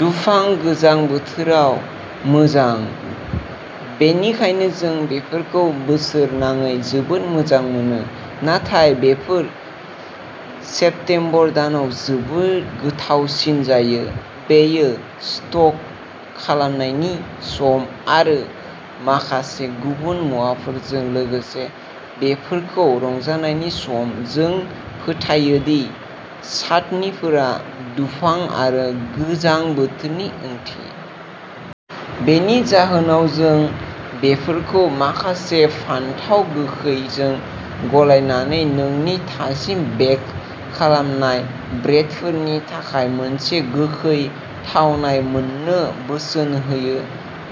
दुफां गोजां बोथोराव मोजां, बेनिखायनो जों बेफोरखौ बोसोरनाङै जोबोद मोजां मोनो, नाथाय बेफोर सेप्तेम्बर दानाव जोबोद गोथावसिन जायो। बेयो स्टक खालामनायनि सम आरो माखासे गुबुन मुवाफोरजों लोगोसे बेफोरखौ रंजानायनि सम। जों फोथायो दि चाटनिफोरा दुफां आरो गोजां बोथोरनि ओंथि। बेनि जाहोनाव जों बेफोरखौ माखासे फानथाव गोखैजों गलायनानै नोंनि थाजिम बेक खालामनाय ब्रेडफोरनि थाखाय मोनसे गोखै थावनाय मोननो बोसोन होयो।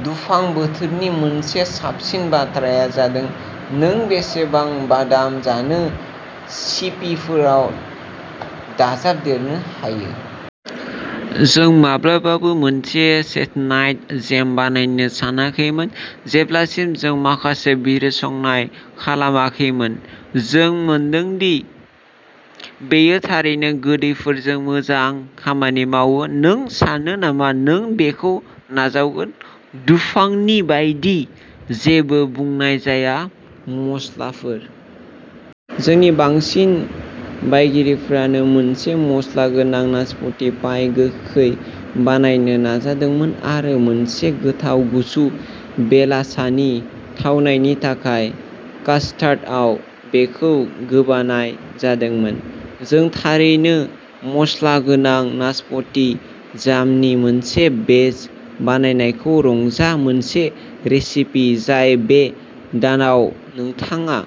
दुफां बोथोरनि मोनसे साबसिन बाथ्राया जादों नों बेसेबां बादाम जानो सिपिफोराव दाजाबदेरनो हायो। जों माब्लाबाबो मोनसे चेस्टनाट जेम बानायनो सानाखैमोन जेब्लासिम जों माखासे बिजिरसंनाय खालामाखैमोन। जों मोनदों दि बेयो थारैनो गोदैफोरजों मोजां खामानि मावो, नों सानो नामा नों बेखौ नाजावगोन? दुफांनि बायदि जेबो बुंनाय जाया, मस्लाफोर! जोंनि बांसिन बायगिरिफ्रानो मोनसे मस्ला गोनां नासपति पाइ/गोखै बानायनो नाजादोंमोन आरो मोनसे गोथाव गुसु बेलासानि थावनायनि थाखाय कास्टार्डआव बेखौ गोबानाय जादोंमोन। जों थारैनो। मस्ला गोनां नासपति जामनि मोनसे बेच बानायनायखौ रंजा, मोनसे रेसिपि जाय बे दानाव नोंथाङा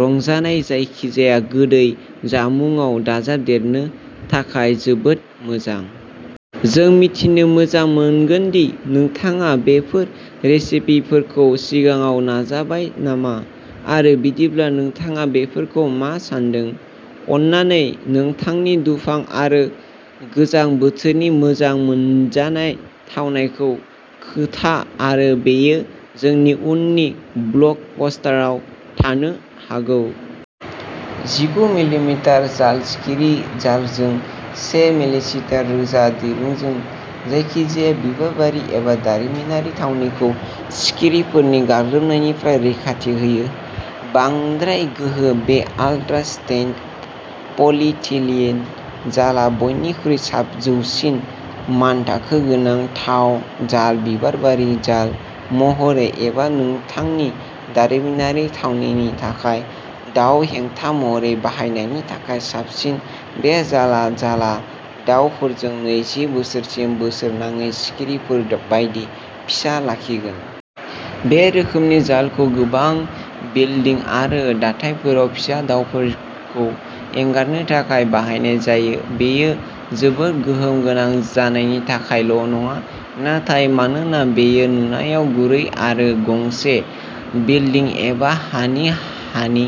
रंजानाय जायखिजाया गोदै जामुंआव दाजाबदेरनो थाखाय जोबोद मोजां। जों मिथिनो मोजां मोनगोन दि नोंथाङा बेफोर रेसिपिफोरखौ सिगाङाव नाजाबाय नामा आरो बिदिब्ला नोंथाङा बेफोरखौ मा सान्दों? अन्नानै नोंथांनि दुफां आरो गोजां बोथोरनि मोजां मोनजानाय थावनायखौ खोन्था आरो बेयो जोंनि उननि ब्लग पस्टआव थानो हागौ। जिगु मिलिमिटार जाल सिखिरि जालजों से मिलिसिटार रोजा दिरुंजों जायखिजाया बिबारबारि एबा दारिमिनारि थावनिखौ सिखिरिफोरनि गाग्लोबनायनिफ्राय रैखाथि होयो। बांद्राय गोहो। बे आल्ट्रा-स्ट्रेंथ पलिइथिलिन जालआ बयनिख्रुइ जौसिन मानथाखो गोनां दाव जाल। बिबारबारि जाल महरै एबा नोंथांनि दारिमिनारि थावनिनि थाखाय दाव हेंथा महरै बाहायनायनि थाखाय साबसिन, बे जाल जालआ दावफोरखौ नैजि बोसोरसिम बोसोरनाङै सिखिरिफोर बायदि फिसा लाखिगोन। बे रोखोमनि जालखौ गोबां बिल्डिं आरो दाथायफोराव फिसा दावफोरखौ एंगारनो थाखाय बाहायनाय जायो। बेयो जोबोद गोहोम गोनां जानायनि थाखायल' नङा, नाथाय मानोना बेयो नुनायाव गुरै आरो गंसे बिल्डिं एबा हानि हानि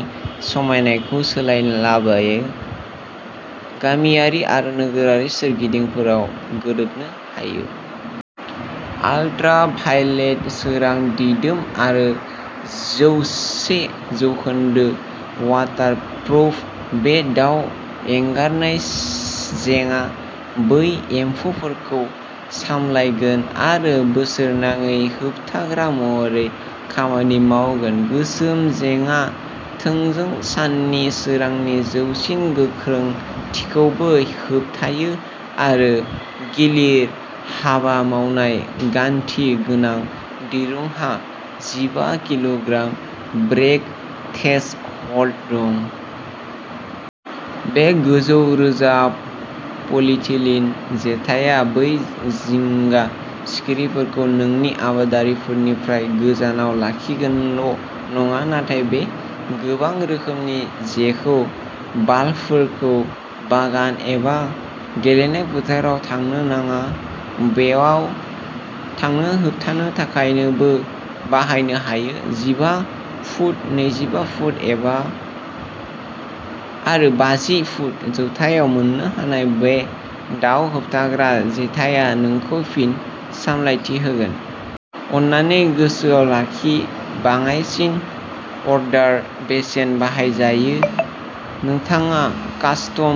समायनाखौ सोलायालाबानो गामियारि आरो नोगोरारि सोरगिदिंफोराव गोरोबनो हायो। आलट्रा भाइलेट सोरां दिदोम आरो जौसे जौखोन्दो वाटारप्रुफ, बे दाउ एंगारनाय जेङा बै एम्फौफोरखौ सामलायगोन आरो बोसोरनाङै होबथाग्रा महरै खामानि मावगोन। गोसोम जेङा थोंजों साननि सोरांनि जौसिन गोख्रोंथिखौबो होबथायो आरो गिलिर हाबा मावनाय गान्थि गोनां दिरुंहा जिबा किल'ग्राम ब्रेक थ्रेसहोल्ड दं। बे गोजौ रोजा पलिइथिलिन जेथाया बै जिंगा सिखिरिफोरखौ नोंनि आबादफोरनिफ्राय गोजानाव लाखिगोनल'नङा, नाथाय बे गोबां रोखोमनि जेखौ बालफोरखौ बागान एबा गेलेनाय फोथाराव थांनो नाङा बैयाव थांनो होबथानो थाखायबो बाहायनो हायो। जिबा फुट, नैजिबा फुट एबाआरो बाजि फुट जौथायाव मोननो हानाय, बे दाउ होबथाग्रा जेथाया नोंखौ फिन सामलायथि होगोन। अन्नानै गोसोआव लाखिः बाङाइसिन अर्डार बेसेन बाहायजायो। नोंथाङा कास्टम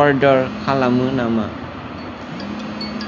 अर्डार खालामो नामा?